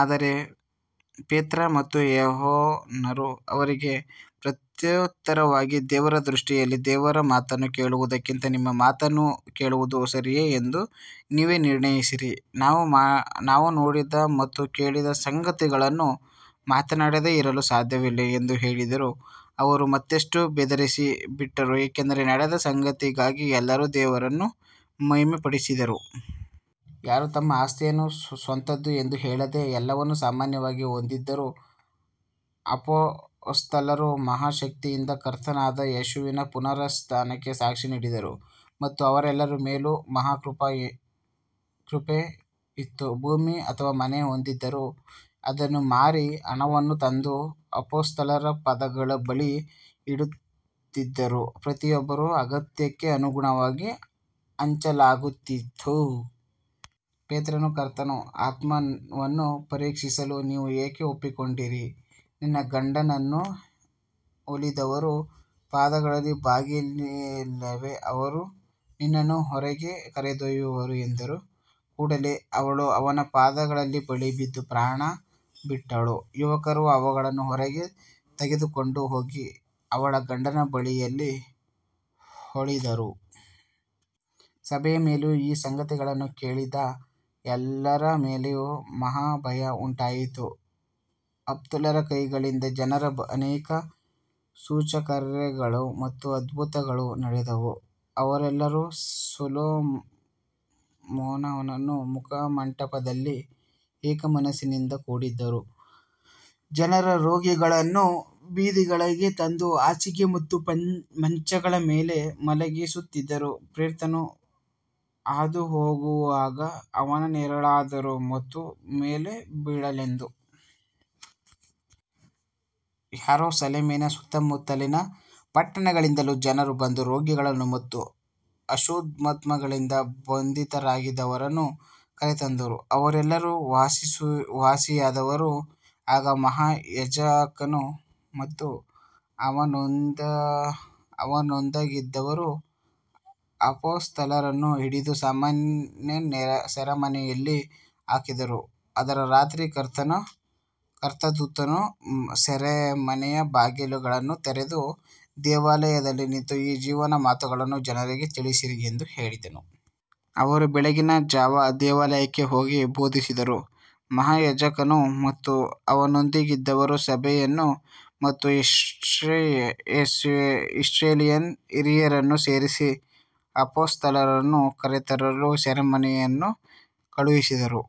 ಆದರೆ ಪೇತ್ರ ಮತ್ತು ಯೋಹಾನರು ಅವರಿಗೆ ಪ್ರತ್ಯುತ್ತರವಾಗಿ, ದೇವರ ದೃಷ್ಟಿಯಲ್ಲಿ ದೇವರ ಮಾತನ್ನು ಕೇಳುವುದಕ್ಕಿಂತ ನಿಮ್ಮ ಮಾತನ್ನು ಕೇಳುವುದು ಸರಿಯೇ ಎಂದು ನೀವೇ ನಿರ್ಣಯಿಸಿರಿ. ನಾವು ನೋಡಿದ ಮತ್ತು ಕೇಳಿದ ಸಂಗತಿಗಳನ್ನು ಮಾತನಾಡದೆ ಇರಲು ಸಾಧ್ಯವಿಲ್ಲ ಎಂದು ಹೇಳಿದರು. ಅವರು ಮತ್ತಷ್ಟು ಬೆದರಿಸಿ ಬಿಟ್ಟರು, ಏಕೆಂದರೆ ನಡೆದ ಸಂಗತಿಗಾಗಿ ಎಲ್ಲರೂ ದೇವರನ್ನು ಮಹಿಮೆಪಡಿಸಿದರು. ಯಾರೂ ತಮ್ಮ ಆಸ್ತಿಯನ್ನು ಸ್ವಂತದ್ದು ಎಂದು ಹೇಳದೆ ಎಲ್ಲವನ್ನೂ ಸಾಮಾನ್ಯವಾಗಿ ಹೊಂದಿದ್ದರು. ಅಪೊಸ್ತಲರು ಮಹಾಶಕ್ತಿಯಿಂದ ಕರ್ತನಾದ ಯೇಸುವಿನ ಪುನರುತ್ಥಾನಕ್ಕೆ ಸಾಕ್ಷಿ ನೀಡಿದರು ಮತ್ತು ಅವರೆಲ್ಲರ ಮೇಲೂ ಮಹಾಕೃಪ ಕೃಪೆ ಇತ್ತು. ಭೂಮಿ ಅಥವಾ ಮನೆ ಹೊಂದಿದ್ದವರು ಅದನ್ನು ಮಾರಿ ಹಣವನ್ನು ತಂದು ಅಪೊಸ್ತಲರ ಪಾದಗಳ ಬಳಿ ಇಡುತ್ತಿದ್ದರು, ಪ್ರತಿಯೊಬ್ಬರ ಅಗತ್ಯಕ್ಕೆ ಅನುಗುಣವಾಗಿ ಹಂಚಲಾಗುತ್ತಿತ್ತು. ಪೇತ್ರನು, ಕರ್ತನ ಆತ್ಮವನ್ನು ಪರೀಕ್ಷಿಸಲು ನೀವು ಏಕೆ ಒಪ್ಪಿಕೊಂಡಿರಿ, ನಿನ್ನ ಗಂಡನನ್ನು ಹೂಳಿದವರ ಪಾದಗಳು ಬಾಗಿಲಲ್ಲಿವೆ, ಅವರು ನಿನ್ನನ್ನೂ ಹೊರಗೆ ಕರೆದೊಯ್ಯುವರು ಎಂದನು. ಕೂಡಲೇ ಅವಳು ಅವನ ಪಾದಗಳ ಬಳಿ ಬಿದ್ದು ಪ್ರಾಣಬಿಟ್ಟಳು. ಯುವಕರು ಅವಳನ್ನು ಹೊರಗೆ ತೆಗೆದುಕೊಂಡು ಹೋಗಿ ಅವಳ ಗಂಡನ ಬಳಿಯಲ್ಲಿ ಹೂಳಿದರು. ಸಭೆಯ ಮೇಲೆಯೂ ಈ ಸಂಗತಿಗಳನ್ನು ಕೇಳಿದ ಎಲ್ಲರ ಮೇಲೆಯೂ ಮಹಾಭಯ ಉಂಟಾಯಿತು. ಅಪೊಸ್ತಲರ ಕೈಗಳಿಂದ ಜನರಲ್ಲಿ ಅನೇಕ ಸೂಚಕಕಾರ್ಯಗಳು ಮತ್ತು ಅದ್ಭುತಗಳು ನಡೆದವು. ಅವರೆಲ್ಲರೂ ಸೊಲೊಮೋನನ ಮುಖಮಂಟಪದಲ್ಲಿ ಏಕಮನಸ್ಸಿನಿಂದ ಕೂಡಿದ್ದರು. ಜನರು ರೋಗಿಗಳನ್ನು ಬೀದಿಗಳಿಗೆ ತಂದು ಹಾಸಿಗೆ ಮತ್ತು ಮಂಚಗಳ ಮೇಲೆ ಮಲಗಿಸುತ್ತಿದ್ದರು, ಪೇತ್ರನು ಹಾದುಹೋಗುವಾಗ ಅವನ ನೆರಳಾದರೂ ಅವರ ಮೇಲೆ ಬೀಳಲೆಂದು. ಯೆರೂಸಲೇಮಿನ ಸುತ್ತಮುತ್ತಲಿನ ಪಟ್ಟಣಗಳಿಂದಲೂ ಜನರು ಬಂದು ರೋಗಿಗಳನ್ನು ಮತ್ತು ಅಶುದ್ಧಾತ್ಮಗಳಿಂದ ಬಾಧಿತರಾದವರನ್ನು ಕರೆತಂದರು, ಅವರೆಲ್ಲರೂ ವಾಸಿಯಾದರು. ಆಗ ಮಹಾಯಾಜಕನು ಮತ್ತು ಅವನೊಂದಿಗಿದ್ದವರು ಅಪೊಸ್ತಲರನ್ನು ಹಿಡಿದು ಸಾಮಾನ್ಯ ಸೆರೆಮನೆಯಲ್ಲಿ ಹಾಕಿದರು. ಆದರೆ ರಾತ್ರಿ ಕರ್ತನ ದೂತನು ಸೆರೆಮನೆಯ ಬಾಗಿಲುಗಳನ್ನು ತೆರೆದು, ದೇವಾಲಯದಲ್ಲಿ ನಿಂತು ಈ ಜೀವದ ಮಾತುಗಳನ್ನು ಜನರಿಗೆ ತಿಳಿಸಿರಿ ಎಂದು ಹೇಳಿದನು. ಅವರು ಬೆಳಗಿನ ಜಾವ ದೇವಾಲಯಕ್ಕೆ ಹೋಗಿ ಬೋಧಿಸಿದರು. ಮಹಾಯಾಜಕನು ಮತ್ತು ಅವನೊಂದಿಗಿದ್ದವರು ಸಭೆಯನ್ನು ಮತ್ತು ಇಸ್ರಾಯೇಲಿನ ಹಿರಿಯರನ್ನು ಸೇರಿಸಿ ಅಪೊಸ್ತಲರನ್ನು ಕರೆತರಲು ಸೆರೆಮನೆಯನ್ನು ಕಳುಹಿಸಿದರು.